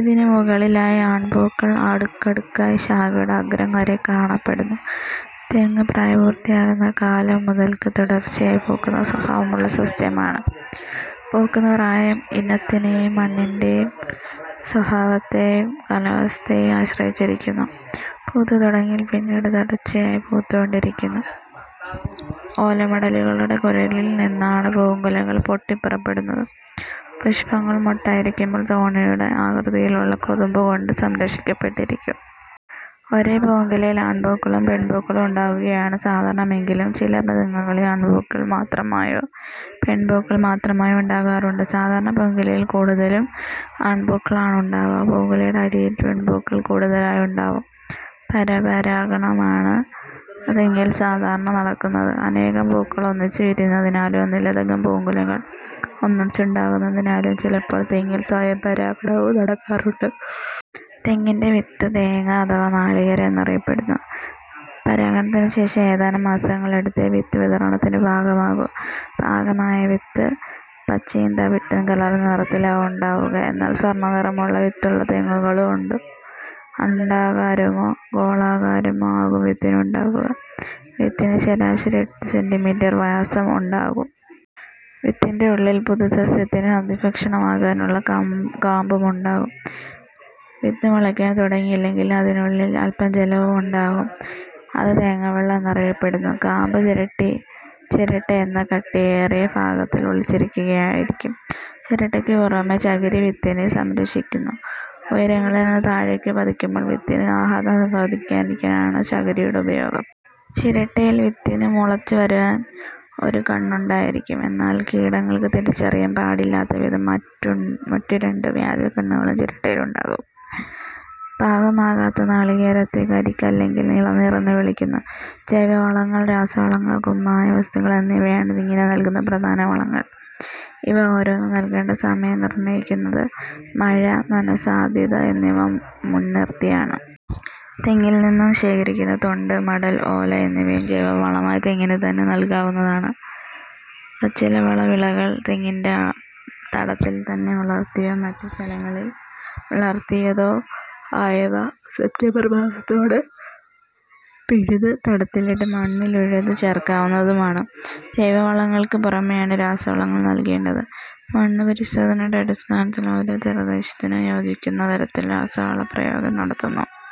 ഇതിനു മുകളിലായി ആൺപൂക്കൾ അടുക്കടുക്കായി ശാഖയുടെ അഗ്രം വരെ കാണപ്പെടുന്നു. തെങ്ങ് പ്രായപൂർത്തിയാകുന്ന കാലം മുതൽക്ക് തുടർച്ചയായി പൂക്കുന്ന സ്വഭാവമുള്ള സസ്യമാണ്. പൂക്കുന്ന പ്രായം ഇനത്തിനേയും മണ്ണിന്റെ സ്വഭാവത്തേയും കാലാവസ്ഥയേയും ആശ്രയിച്ചിരിക്കുന്നു. പൂത്തുതുടങ്ങിയാൽ പിന്നീട് തുടർച്ചയായി പൂത്തുകൊണ്ടിരിക്കുന്നു. ഓലമടലുകളുടെ കുരലിൽ നിന്നാണ് പൂക്കുലകൾ പൊട്ടിപ്പുറപ്പെടുന്നത്. പുഷ്പങ്ങൾ മൊട്ടായിരിക്കുമ്പോൾ തോണിയുടെ ആകൃതിയിലുള്ള കൊതുമ്പുകൊണ്ട് സംരക്ഷിക്കപ്പെട്ടിരിക്കും. ഒരേ പൂങ്കുലയിൽ ആൺപൂക്കളും പെൺപൂക്കളും ഉണ്ടാകുകയാണ് സാധാരണമെങ്കിലും ചില തെങ്ങുകളിൽ ആൺപൂക്കൾ മാത്രമായോ പെൺപൂക്കൾ മാത്രമായോ ഉണ്ടാകാറുണ്ട്. സാധാരണ പൂക്കുലയിൽ കൂടുതലും ആൺപൂക്കളാണുണ്ടാവുക. പൂക്കുലയുടെ അടിയിൽ പെൺപൂക്കൾ കൂടുതലായുണ്ടാവും. പരപരാഗണമാണ് തെങ്ങിൽ സാധാരണ നടക്കുന്നത്. അനേകം പൂക്കൾ ഒന്നിച്ചുവിരിയുന്നതിനാലും ഒന്നിലധികം പൂക്കുലകൾ ഒന്നിച്ചുണ്ടാകുന്നതിനാലും ചിലപ്പോൾ തെങ്ങിൽ സ്വയംപരാഗണവും നടക്കാറുണ്ട്. തെങ്ങിന്റെ വിത്ത് തേങ്ങ അഥവാ നാളികേരം എന്നറിയപ്പെടുന്നു. പരാഗണത്തിനു ശേഷം ഏതാനും മാസങ്ങൾ എടുത്തേ വിത്ത് വിതരണത്തിനു പാകമാകൂ. പാകമായ വിത്ത് പച്ചയും തവിട്ടും കലർന്ന നിറത്തിലാവും ഉണ്ടാവുക. എന്നാൽ സ്വർണ്ണനിറമുള്ള വിത്തുള്ള തെങ്ങുകളും ഉണ്ട്. അണ്ഡാകാരമോ ഗോളാകാരമോ ആകും വിത്തിനുണ്ടാവുക. വിത്തിന് ശരാശരി എട്ട് സെന്റീമീറ്റർ വ്യാസം ഉണ്ടാകും. വിത്തിന്റെ ഉള്ളിൽ പുതുസസ്യത്തിനു ആദ്യഭക്ഷണമാകാനുള്ള കാമ്പുമുണ്ടാകും വിത്ത് മുളക്കാൻ തുടങ്ങിയില്ലെങ്കിൽ അതിനുള്ളിൽ അല്പം ജലവും ഉണ്ടാകും. അത് തേങ്ങാവെള്ളം എന്നറിയപ്പെടുന്നു. കാമ്പ് ചിരട്ടയെന്ന കട്ടിയേറിയ ഭാഗത്തിൽ ഉറച്ചിരിക്കുകയായിരിക്കും. ചിരട്ടക്കു പുറമേ ചകിരി വിത്തിനെ സംരക്ഷിക്കുന്നു. ഉയരങ്ങളിൽ നിന്ന് താഴേക്കു പതിക്കുമ്പോൾ വിത്തിന് ആഘാതം സംഭവിക്കാതിരിക്കുകയാണ് ചകിരിയുടെ ഉപയോഗം. ചിരട്ടയിൽ വിത്തിനു മുളച്ചുവരുവാൻ ഒരു കണ്ണുണ്ടായിരിക്കും. എന്നാൽ കീടങ്ങൾക്ക് തിരിച്ചറിയാൻ പാടില്ലാത്തവിധം മറ്റുരണ്ട് വ്യാജകണ്ണുകളും ചിരട്ടയിലുണ്ടാകും. പാകമാകാത്ത നാളികേരത്തെ കരിക്ക് അല്ലെങ്കിൽ ഇളനീർ എന്നു വിളിക്കുന്നു. ജൈവവളങ്ങൾ, രാസവളങ്ങൾ, കുമ്മായ വസ്തുക്കൾ എന്നിവയാണ് തെങ്ങിന് നൽകുന്ന പ്രധാന വളങ്ങൾ. ഇവ ഓരോന്നും നൽകേണ്ട സമയം നിർണ്ണയിക്കുന്നത്; മഴ, നനസാധ്യത എന്നിവ മുൻനിർത്തിയാണ്. തെങ്ങിൽ നിന്നും ശേഖരിക്കുന്ന തൊണ്ട്, മടൽ, ഓല എന്നിവയും ജൈവവളമായി തെങ്ങിനുതന്നെ നൽകാവുന്നതുമാണ്. പച്ചിലവള വിളകൾ തെങ്ങിന്റെ തടത്തിൽ തന്നെ വളർത്തിയോ മറ്റു സ്ഥലങ്ങളിൽ വളർത്തിയതോ ആയവ സെപ്റ്റംബർ മാസത്തോടെ പിഴുത് തടത്തിലിട്ട് മണ്ണിലുഴുത് ചേർക്കാവുന്നതുമാണ്. ജൈവവളങ്ങൾക്ക് പുറമേയാണ് രാസവളങ്ങൾ നൽകേണ്ടത്. മണ്ണുപരിശോധനയുടെ അടിസ്ഥാനത്തിൽ ഓരോ പ്രദേശത്തിനും യോജിക്കുന്ന തരത്തിൽ രാസവളപ്രയോഗം നടത്തുന്നു.